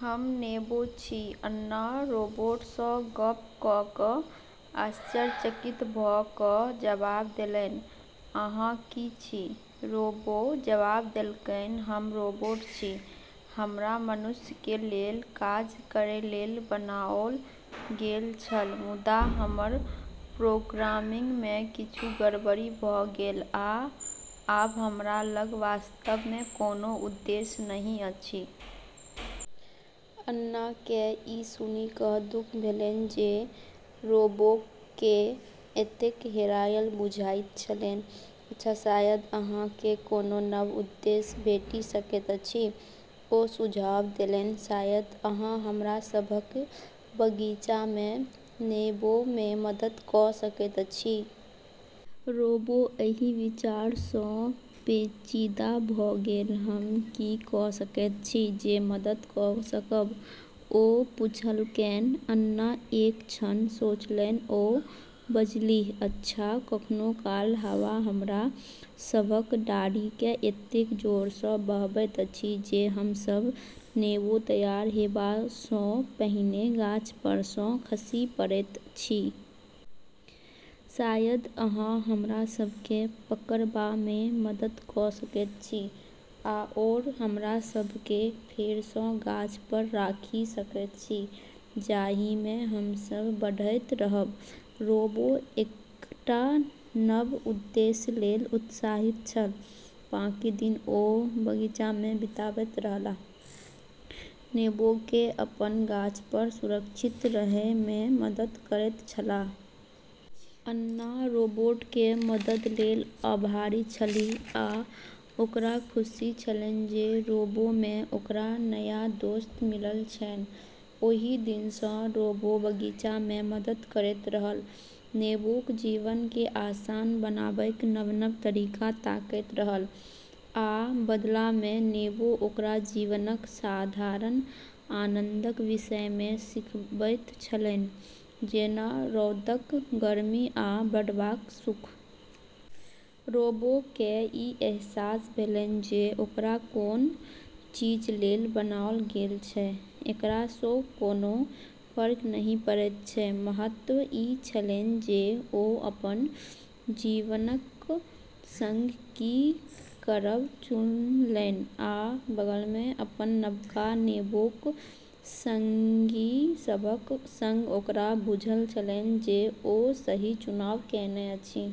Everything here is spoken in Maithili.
"हम नेबो छी" अन्ना रोबोटसँ गप्प कऽ कऽ आश्चर्यचकित भऽ कऽ जबाब देलैन। "अहाँ की छी? " रोबो जबाब देलकैन, "हम रोबोट छी।" "हमरा मनुष्यकेँ लेल काज करैलेल बनाओल गेल छल, मुदा हमर प्रोग्रामिंगमे किछु गड़बड़ी भऽ गेल, आ आब हमरा लग वास्तवमे कोनो उद्देश्य नहि अछि।" अन्नाकेँ ई सुनि कऽ दुख भेलैन जे रोबोकेँ एतेक हेरायल बुझाइत छलैन। "अच्छा, शायद अहाँकेँ कोनो नव उद्देश्य भेटि सकैत अछि" ओ सुझाव देलैन। "शायद अहाँ हमरा सभक बगीचामे नेबोमे मदद कऽ सकैत छी।" रोबो एहि विचारसँ पेचीदा भऽ गेल। "हम की कऽ सकैत छी जे मदद कऽ सकब? " ओ पुछलकैन। अन्ना एक क्षण सोचलैन। ओ बजलीह, "अच्छा, कखनो काल हवा हमरा सभक डारिकेँ एतेक जोरसँ बहबैत अछि जे हम सभ नेबो तैयार हेबासँ पहिने गाछपरसँ खसि पड़ैत छी।" "शायद अहाँ हमरा सभकेँ पकड़बामे मदद कऽ सकैत छी आओर हमरा सभकेँ फेरसँ गाछपर राखि सकैत छी जाहिमे हम सभ बढ़ैत रहब।" रोबो एकटा नव उद्देश्यलेल उत्साहित छल। बाकी दिन ओ बगीचामे बिताबैत रहलाह, नेबोकेँ अपन गाछपर सुरक्षित रहैमे मदद करैत छलाह। अन्ना रोबोटकेँ मददलेल आभारी छलीह, आ ओकरा खुशी छलैन जे रोबोमे ओकरा नया दोस्त मिलल छैन। ओहि दिनसँ रोबो बगीचामे मदद करैत रहल, नेबोक जीवनकेँ आसान बनाबैक नव-नव तरीका ताकैत रहल। आ बदलामे नेबो ओकरा जीवनक साधारण आनंदक विषयमे सिखबैत छलैन, जेना रौदक गर्मी आ बढ़बाक सुख। रोबोकेँ ई अहसास भेलैन जे ओकरा कोन चीजलेल बनाओल गेल छै, एकरासँ कोनो फर्क नहि पड़ैत छै महत्व ई छलैन जे ओ अपन जीवनक संग की करब चुनलैन। आ बगलमे अपन नवका नेबोक संगी सभक संग ओकरा बुझल छलैन जे ओ सही चुनाव कएने अछि।